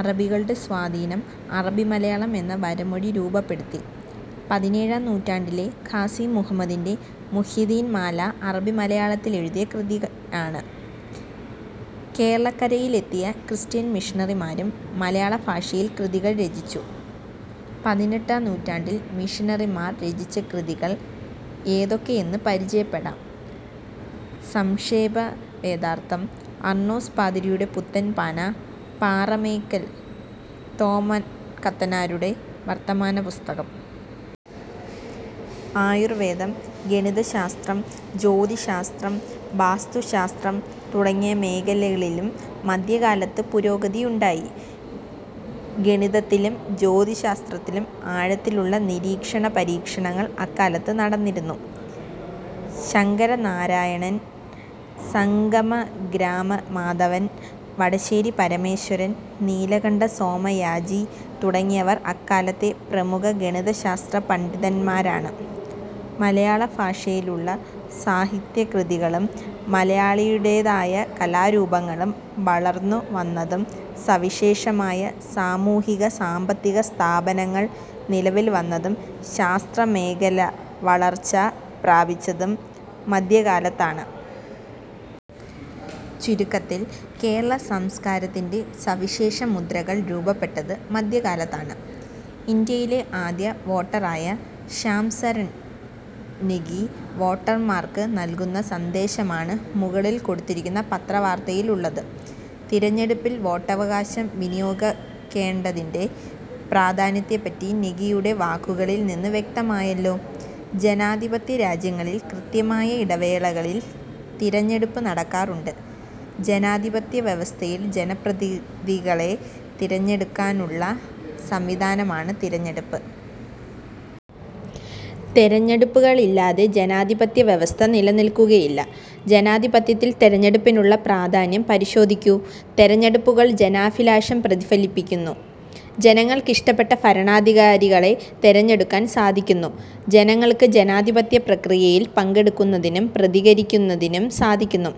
അറബികളുടെ സ്വാധീനം അറബിമലയാളം എന്ന വരമൊഴി രൂപപ്പെടുത്തി. പതിനേഴാം നൂറ്റാണ്ടിലെ ഖാസി മുഹമ്മദിന്റെ മുഹ്യിദ്ദീൻ മാല അറബിമലയാളത്തിലെഴുതിയ കൃതിയാണ്. കേരളക്കരയിലെത്തിയ ക്രിസ്ത്യൻ മിഷണറിമാരും മലയാളഭാഷയിൽ കൃതികൾ രചിച്ചു. പതിനെട്ടാം നൂറ്റാണ്ടിൽ മിഷനറിമാർ രചിച്ച കൃതികൾ ഏതൊക്കെയെന്ന് പരിചയപ്പെടാം. സംക്ഷേപവേദാർഥം, അർണോസ് പാതിരിയുടെ പുത്തൻപാന, പാറേമാക്കൽ തോമാക്കത്തനാരുടെ വർത്തമാനപ്പുസ്തകം. ആയുർവേദം, ഗണിതശാസ്ത്രം, ജ്യോതിശ്ശാസ്ത്രം, വാസ്തു ശാസ്ത്രം തുടങ്ങിയ മേഖലകളിലും മധ്യകാലത്ത് പുരോഗതിയുണ്ടായി. ഗണിതത്തിലും ജ്യോതിശ്ശാസ്ത്രത്തിലും ആഴത്തിലുള്ള നിരീക്ഷണപരീക്ഷണങ്ങൾ അക്കാലത്ത് നടന്നിരുന്നു. ശങ്ക രനാരായണൻ, സംഗമഗ്രാമ മാധവൻ, വടശ്ശേരി പരമേശ്വരൻ, നീലകണ്ഠ സോമയാജി തുടങ്ങിയവർ അക്കാലത്തെ പ്രമുഖ ഗണിത ശാസ്ത്ര പണ്ഡിതന്മാരാണ്. മലയാളഭാഷയിലുള്ള സാഹിത്യകൃതികളും മലയാളിയുടേതായ കലാരൂപങ്ങളും വളർന്നു വന്നതും സവിശേഷമായ സാമൂ ഹിക-സാമ്പത്തിക സ്ഥാപനങ്ങൾ നിലവിൽ വന്നതും ശാസ്ത്ര മേഖല വളർച്ച പ്രാപിച്ചതും മധ്യകാലത്താണ്. ചുരുക്കത്തിൽ, കേരളസംസ്കാരത്തിന്റെ സവിശേഷ മുദ്രകൾ രൂപപ്പെട്ടത് മധ്യ കാലത്താണ്. ഇന്ത്യയിലെ ആദ്യ വോട്ടറായ ശ്യാംസരൺ നെഗി വോട്ടർമാർക്ക് നൽകുന്ന സന്ദേശമാണ് മുകളിൽ കൊടുത്തിരിക്കുന്ന പത്രവാർത്തയിലുള്ളത്. തിരഞ്ഞെടുപ്പിൽ വോട്ടവകാശം വിനിയോഗിക്കേണ്ടതിന്റെ പ്രാധാന്യത്തെപ്പറ്റി നെഗിയുടെ വാക്കുകളിൽ നിന്നു വ്യക്തമായല്ലോ. ജനാധിപത്യരാജ്യങ്ങളിൽ കൃത്യമായ ഇടവേളകളിൽ തിരഞ്ഞെടുപ്പ് നടക്കാറുണ്ട്. ജനാധിപത്യവ്യവസ്ഥയിൽ ജനപ്രതിനിധികളെ തിരഞ്ഞെടുക്കാനുള്ള സംവിധാനമാണ് തിരഞ്ഞെടുപ്പ്. തിരഞ്ഞെടുപ്പുകളില്ലാതെ ജനാധിപത്യവ്യവസ്ഥ നിലനിൽക്കുകയില്ല. ജനാധിപത്യത്തിൽ തിരഞ്ഞെടുപ്പിനുള്ള പ്രാധാന്യം പരിശോധിക്കൂ. തിരഞ്ഞെടുപ്പുകൾ ജനാഭിലാഷം പ്രതിഫലിപ്പിക്കുന്നു. ജനങ്ങൾക്കിഷ്ടപ്പെട്ട ഭരണാധികാരികളെ തിരഞ്ഞെടുക്കാൻ സാധിക്കുന്നു. ജനങ്ങൾക്ക് ജനാധിപത്യ പ്രക്രിയയിൽ പങ്കെടുക്കുന്നതിനും പ്രതികരിക്കുന്നതിനും സാധിക്കുന്നു.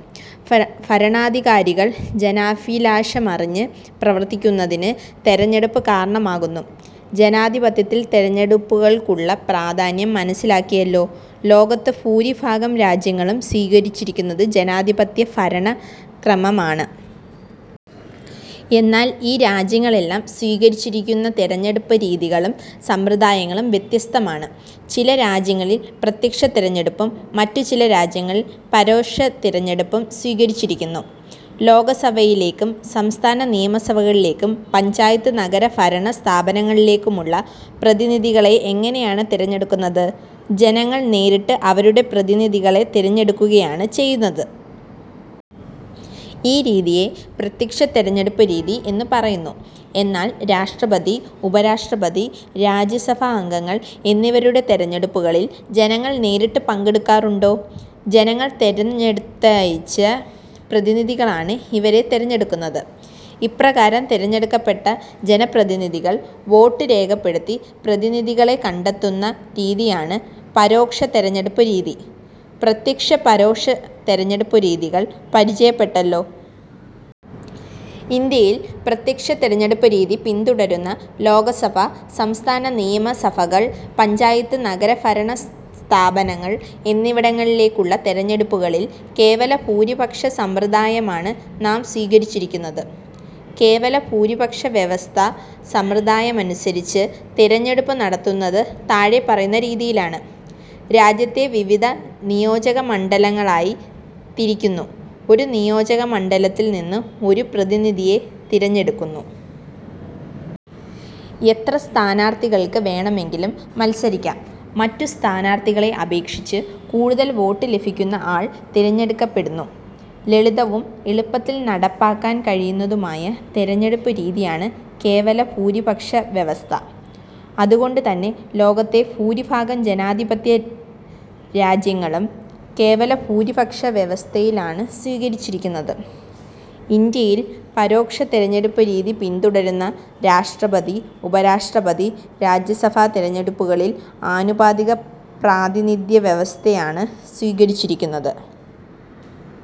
ഭരണാധികാരികൾ ജനാഭിലാഷമറിഞ്ഞ് പ്രവർത്തിക്കുന്നതിന് തിരഞ്ഞെടുപ്പ് കാരണമാകുന്നു. ജനാധിപത്യത്തിൽ തിരഞ്ഞെടുപ്പുകൾക്കുള്ള പ്രാധാന്യം മനസ്സിലാക്കിയല്ലോ. ലോകത്ത് ഭൂരിഭാഗം രാജ്യങ്ങളും സ്വീകരിച്ചിരിക്കുന്നത് ജനാധിപത്യ ഭരണക്രമമാണ്. എന്നാൽ ഈ രാജ്യങ്ങളിലെല്ലാം സ്വീകരിച്ചിരിക്കുന്ന തിരഞ്ഞെടുപ്പ് രീതികളും സമ്പ്രദായങ്ങളും വ്യത്യസ്തമാണ്. ചില രാജ്യങ്ങളിൽ പ്രത്യക്ഷ തിരഞ്ഞെടുപ്പും മറ്റു ചില രാജ്യങ്ങളിൽ പരോക്ഷ തിരഞ്ഞെടുപ്പും സ്വീകരിച്ചിരിക്കുന്നു. ലോകസഭയിലേക്കും സംസ്ഥാന നിയമസഭകളിലേക്കും പഞ്ചായത്ത് നഗര ഭരണ സ്ഥാപനങ്ങളിലേക്കുമുള്ള പ്രതിനിധികളെ എങ്ങനെയാണ് തിരഞ്ഞടുക്കുന്നത്? ജനങ്ങൾ നേരിട്ട് അവരുടെ പ്രതിനിധികളെ തിരഞ്ഞെടുക്കുകയാണ് ചെയ്യുന്നത്. ഈ രീതിയെ പ്രത്യക്ഷ തിരഞ്ഞെടുപ്പുരീതി എന്നു പറയുന്നു. എന്നാൽ രാഷ്ട്രപതി, ഉപരാഷ്ട്രപതി, രാജ്യസഭാംഗങ്ങൾ എന്നിവരുടെ തിരഞ്ഞെടുപ്പുകളിൽ ജനങ്ങൾ നേരിട്ട് പങ്കെടുക്കാറുണ്ടോ? ജനങ്ങൾ തിരഞ്ഞെടുത്തയച്ച പ്രതിനിധികളാണ് ഇവരെ തിരഞ്ഞെടുക്കുന്നത്. ഇപ്രകാരം തിരഞ്ഞെടുക്കപ്പെട്ട ജനപ്രതിനിധികൾ വോട്ട് രേഖപ്പെടുത്തി പ്രതിനിധികളെ കണ്ടെത്തുന്ന രീതിയാണ് പരോക്ഷ തിരഞ്ഞെടുപ്പുരീതി. പ്രത്യക്ഷ-പരോക്ഷ തിരഞ്ഞെടുപ്പുരീതികൾ പരിചയപ്പെട്ടല്ലോ. ഇന്ത്യയിൽ പ്രത്യക്ഷ തിരഞ്ഞെടുപ്പുരീതി പിന്തുടരുന്ന ലോകസഭ, സംസ്ഥാന നിയമ സഭകൾ, പഞ്ചായത്ത്-നഗരഭരണ സ്ഥാപനങ്ങൾ എന്നിവിടങ്ങളിലേക്കുള്ള തിരഞ്ഞെടുപ്പുകളിൽ കേവലഭൂരിപക്ഷ സമ്പ്രദായമാണ് നാം സ്വീകരിച്ചിരിക്കുന്നത്. കേവല ഭൂരിപക്ഷ വ്യവസ്ഥ സമ്പ്രദായമനുസരിച്ച് തിരഞ്ഞെടുപ്പ് നടത്തുന്നത് താഴെ പറയുന്ന രീതിയിലാണ്. രാജ്യത്തെ വിവിധ നിയോജകമണ്ഡലങ്ങളായി തിരിക്കുന്നു. ഒരു നിയോജക മണ്ഡലത്തിൽ നിന്ന് ഒരു പ്രതിനിധിയെ തിരഞ്ഞെടുക്കുന്നു. എത്ര സ്ഥാനാർഥികൾക്ക് വേണമെങ്കിലും മത്സരിക്കാം. മറ്റു സ്ഥാനാർഥികളെ അപേക്ഷിച്ച് കൂടുതൽ വോട്ട് ലഭിക്കുന്ന ആൾ തിരഞ്ഞെടുക്കപ്പെടുന്നു. ലളിതവും എളുപ്പത്തിൽ നടപ്പാക്കാൻ കഴിയുന്നതുമായ തിരഞ്ഞെടുപ്പുരീതിയാണ് കേവലഭൂരിപക്ഷവ്യവസ്ഥ. അതുകൊണ്ടുതന്നെ ലോകത്തെ ഭൂരിഭാഗം ജനാധിപ ത്യരാജ്യങ്ങളും കേവലഭൂരിപക്ഷ വ്യവസ്ഥയാണ് സ്വീകരിച്ചിരിക്കുന്നത്. ഇന്ത്യയിൽ പരോക്ഷ തിരഞ്ഞെടുപ്പു രീതി പിന്തുടരുന്ന രാഷ്ട്രപതി, ഉപരാഷ്ട്രപതി, രാജ്യസഭാ തിരഞ്ഞെടുപ്പുകളിൽ ആനുപാതിക പ്രാതിനിധ്യ വ്യവസ്ഥയാണ് സ്വീകരിച്ചിരിക്കുന്നത്.